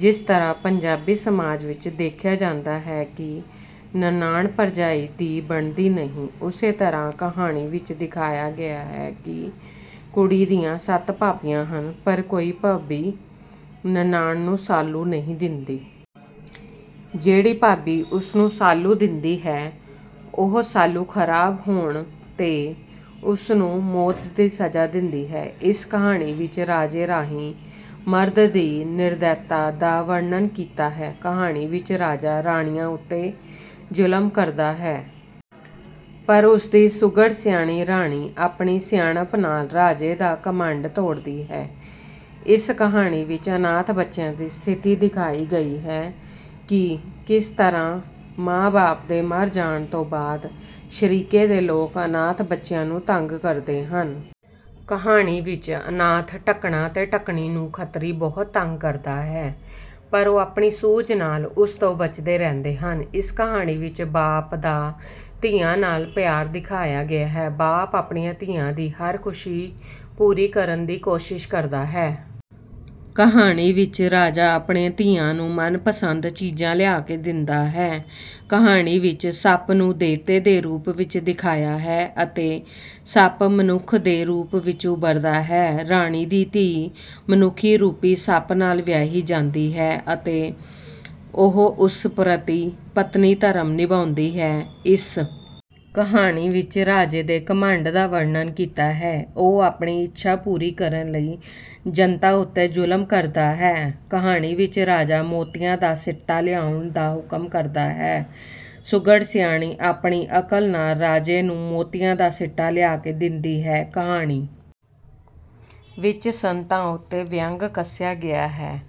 ਜਿਸ ਤਰ੍ਹਾਂ ਪੰਜਾਬੀ ਸਮਾਜ ਵਿਚ ਦੇਖਿਆ ਜਾਂਦਾ ਹੈ ਕਿ ਨਨਾਣ-ਭਰਜਾਈ ਦੀ ਬਣਦੀ ਨਹੀਂ, ਉਸੇ ਤਰ੍ਹਾਂ ਕਹਾਣੀ ਵਿਚ ਦਿਖਾਇਆ ਗਿਆ ਹੈ ਕਿ ਕੁੜੀ ਦੀਆਂ ਸੱਤ ਭਾਬੀਆਂ ਹਨ। ਪਰ ਕੋਈ ਭਾਬੀ ਨਨਾਣ ਨੂੰ ਸਾਲੂ ਨਹੀਂ ਦਿੰਦੀ। ਜਿਹੜੀ ਭਾਬੀ ਉਸਨੂੰ ਸਾਲੂ ਦਿੰਦੀ ਹੈ, ਉਹ ਸਾਲੂ ਖ਼ਰਾਬ ਹੋਣ ’ਤੇ ਉਸਨੂੰ ਮੌਤ ਦੀ ਸਜ਼ਾ ਦਿੰਦੀ ਹੈ। ਇਸ ਕਹਾਣੀ ਵਿਚ ਰਾਜੇ ਰਾਹੀਂ ਮਰਦ ਦੀ ਨਿਰਦੈਤਾ ਦਾ ਵਰਣਨ ਕੀਤਾ ਹੈ। ਕਹਾਣੀ ਵਿਚ ਰਾਜਾ ਰਾਣੀਆਂ ਉੱਤੇ ਜ਼ੁਲਮ ਕਰਦਾ ਹੈ। ਪਰ ਉਸਦੀ ਸੁਘੜ-ਸਿਆਣੀ ਰਾਣੀ ਆਪਣੀ ਸਿਆਣਪ ਨਾਲ ਰਾਜੇ ਦਾ ਘਮੰਡ ਤੋੜਦੀ ਹੈ। ਇਸ ਕਹਾਣੀ ਵਿਚ ਅਨਾਥ ਬੱਚਿਆਂ ਦੀ ਸਥਿਤੀ ਦਿਖਾਈ ਗਈ ਹੈ ਕਿ ਕਿਸ ਤਰ੍ਹਾਂ ਮਾਂ-ਬਾਪ ਦੇ ਮਰ ਜਾਣ ਤੋਂ ਬਾਅਦ ਸ਼ਰੀਕੇ ਦੇ ਲੋਕ ਅਨਾਥ ਬੱਚਿਆਂ ਨੂੰ ਤੰਗ ਕਰਦੇ ਹਨ। ਕਹਾਣੀ ਵਿਚ ਅਨਾਥ ਢੱਕਣਾ ਤੇ ਢੱਕਣੀ ਨੂੰ ਖੱਤਰੀ ਬਹੁਤ ਤੰਗ ਕਰਦਾ ਹੈ। ਪਰ ਉਹ ਆਪਣੀ ਸੂਝ ਨਾਲ ਉਸ ਤੋਂ ਬਚਦੇ ਰਹਿੰਦੇ ਹਨ। ਇਸ ਕਹਾਣੀ ਵਿਚ ਬਾਪ ਦਾ ਧੀਆਂ ਨਾਲ ਪਿਆਰ ਦਿਖਾਇਆ ਗਿਆ ਹੈ। ਬਾਪ ਆਪਣੀਆਂ ਧੀਆਂ ਦੀ ਹਰ ਖੁਸ਼ੀ ਪੂਰੀ ਕਰਨ ਦੀ ਕੋਸ਼ਿਸ਼ ਕਰਦਾ ਹੈ। ਕਹਾਣੀ ਵਿਚ ਰਾਜਾ ਆਪਣੀਆਂ ਧੀਆਂ ਨੂੰ ਮਨਪਸੰਦ ਚੀਜ਼ਾਂ ਲਿਆ ਕੇ ਦਿੰਦਾ ਹੈ। ਕਹਾਣੀ ਵਿਚ ਸੱਪ ਨੂੰ ਦੇਵਤੇ ਦੇ ਰੂਪ ਵਿਚ ਦਿਖਾਇਆ ਹੈ ਅਤੇ ਸੱਪ ਮਨੁੱਖ ਦੇ ਰੂਪ ਵਿਚ ਉਭਰਦਾ ਹੈ। ਰਾਣੀ ਦੀ ਧੀ ਮਨੁੱਖੀ ਰੂਪੀ ਸੱਪ ਨਾਲ ਵਿਆਹੀ ਜਾਂਦੀ ਹੈ ਅਤੇ ਉਹ ਉਸ ਪ੍ਰਤੀ ਪਤਨੀ ਧਰਮ ਨਿਭਾਉਂਦੀ ਹੈ। ਇਸ ਕਹਾਣੀ ਵਿਚ ਰਾਜੇ ਦੇ ਘਮੰਡ ਦਾ ਵਰਣਨ ਕੀਤਾ ਹੈ। ਉਹ ਆਪਣੀ ਇੱਛਾ ਪੂਰੀ ਕਰਨ ਲਈ ਜਨਤਾ ਉੱਤੇ ਜ਼ੁਲਮ ਕਰਦਾ ਹੈ। ਕਹਾਣੀ ਵਿਚ ਰਾਜਾ ਮੋਤੀਆਂ ਦਾ ਸਿੱਟਾ ਲਿਆਉਣ ਦਾ ਹੁਕਮ ਕਰਦਾ ਹੈ। ਸੁਘੜ-ਸਿਆਣੀ ਆਪਣੀ ਅਕਲ ਨਾਲ ਰਾਜੇ ਨੂੰ ਮੋਤੀਆਂ ਦਾ ਸਿੱਟਾ ਲਿਆ ਕੇ ਦਿੰਦੀ ਹੈ। ਕਹਾਣੀ ਵਿੱਚ ਸੰਤਾਂ ਉੱਤੇ ਵਿਅੰਗ ਕੱਸਿਆ ਗਿਆ ਹੈ।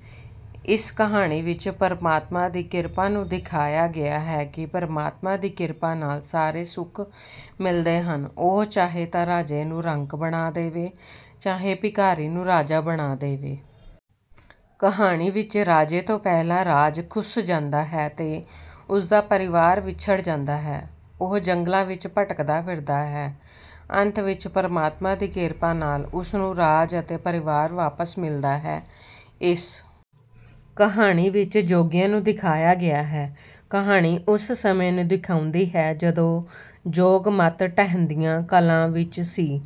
ਇਸ ਕਹਾਣੀ ਵਿਚ ਪਰਮਾਤਮਾ ਦੀ ਕਿਰਪਾ ਨੂੰ ਦਿਖਾਇਆ ਗਿਆ ਹੈ ਕਿ ਪਰਮਾਤਮਾ ਦੀ ਕਿਰਪਾ ਨਾਲ ਸਾਰੇ ਸੁੱਖ ਮਿਲਦੇ ਹਨ। ਉਹ ਚਾਹੇ ਤਾਂ ਰਾਜੇ ਨੂੰ ਰੰਕ ਬਣਾ ਦੇਵੇ, ਚਾਹੇ ਭਿਖਾਰੀ ਨੂੰ ਰਾਜਾ ਬਣਾ ਦੇਵੇ। ਕਹਾਣੀ ਵਿਚ ਰਾਜੇ ਤੋਂ ਪਹਿਲਾਂ ਰਾਜ ਖੁੱਸ ਜਾਂਦਾ ਹੈ ਤੇ ਉਸਦਾ ਪਰਿਵਾਰ ਵਿਛੜ ਜਾਂਦਾ ਹੈ। ਉਹ ਜੰਗਲਾਂ ਵਿਚ ਭਟਕਦਾ ਫਿਰਦਾ ਹੈ। ਅੰਤ ਵਿਚ ਪਰਮਾਤਮਾ ਦੀ ਕਿਰਪਾ ਨਾਲ ਉਸਨੂੰ ਰਾਜ ਅਤੇ ਪਰਿਵਾਰ ਵਾਪਸ ਮਿਲਦਾ ਹੈ। ਇਸ ਕਹਾਣੀ ਵਿਚ ਜੋਗੀਆਂ ਨੂੰ ਦਿਖਾਇਆ ਗਿਆ ਹੈ। ਕਹਾਣੀ ਉਸ ਸਮੇਂ ਨੂੰ ਦਿਖਾਉਂਦੀ ਹੈ ਜਦੋਂ ਜੋਗ ਮਤ ਢਹਿੰਦੀਆਂ ਕਲਾਂ ਵਿਚ ਸੀ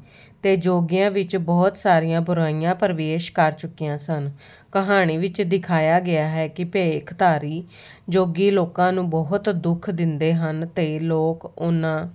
ਤੇ ਜੋਗੀਆਂ ਵਿਚ ਬਹੁਤ ਸਾਰੀਆਂ ਬੁਰਾਈਆਂ ਪ੍ਰਵੇਸ਼ ਕਰ ਚੁੱਕੀਆਂ ਸਨ। ਕਹਾਣੀ ਵਿਚ ਦਿਖਾਇਆ ਗਿਆ ਹੈ ਕਿ ਭੇਖਧਾਰੀ ਜੋਗੀ ਲੋਕਾਂ ਨੂੰ ਬਹੁਤ ਦੁੱਖ ਦਿੰਦੇ ਹਨ ਤੇ ਲੋਕ ਉਨ੍ਹਾਂ...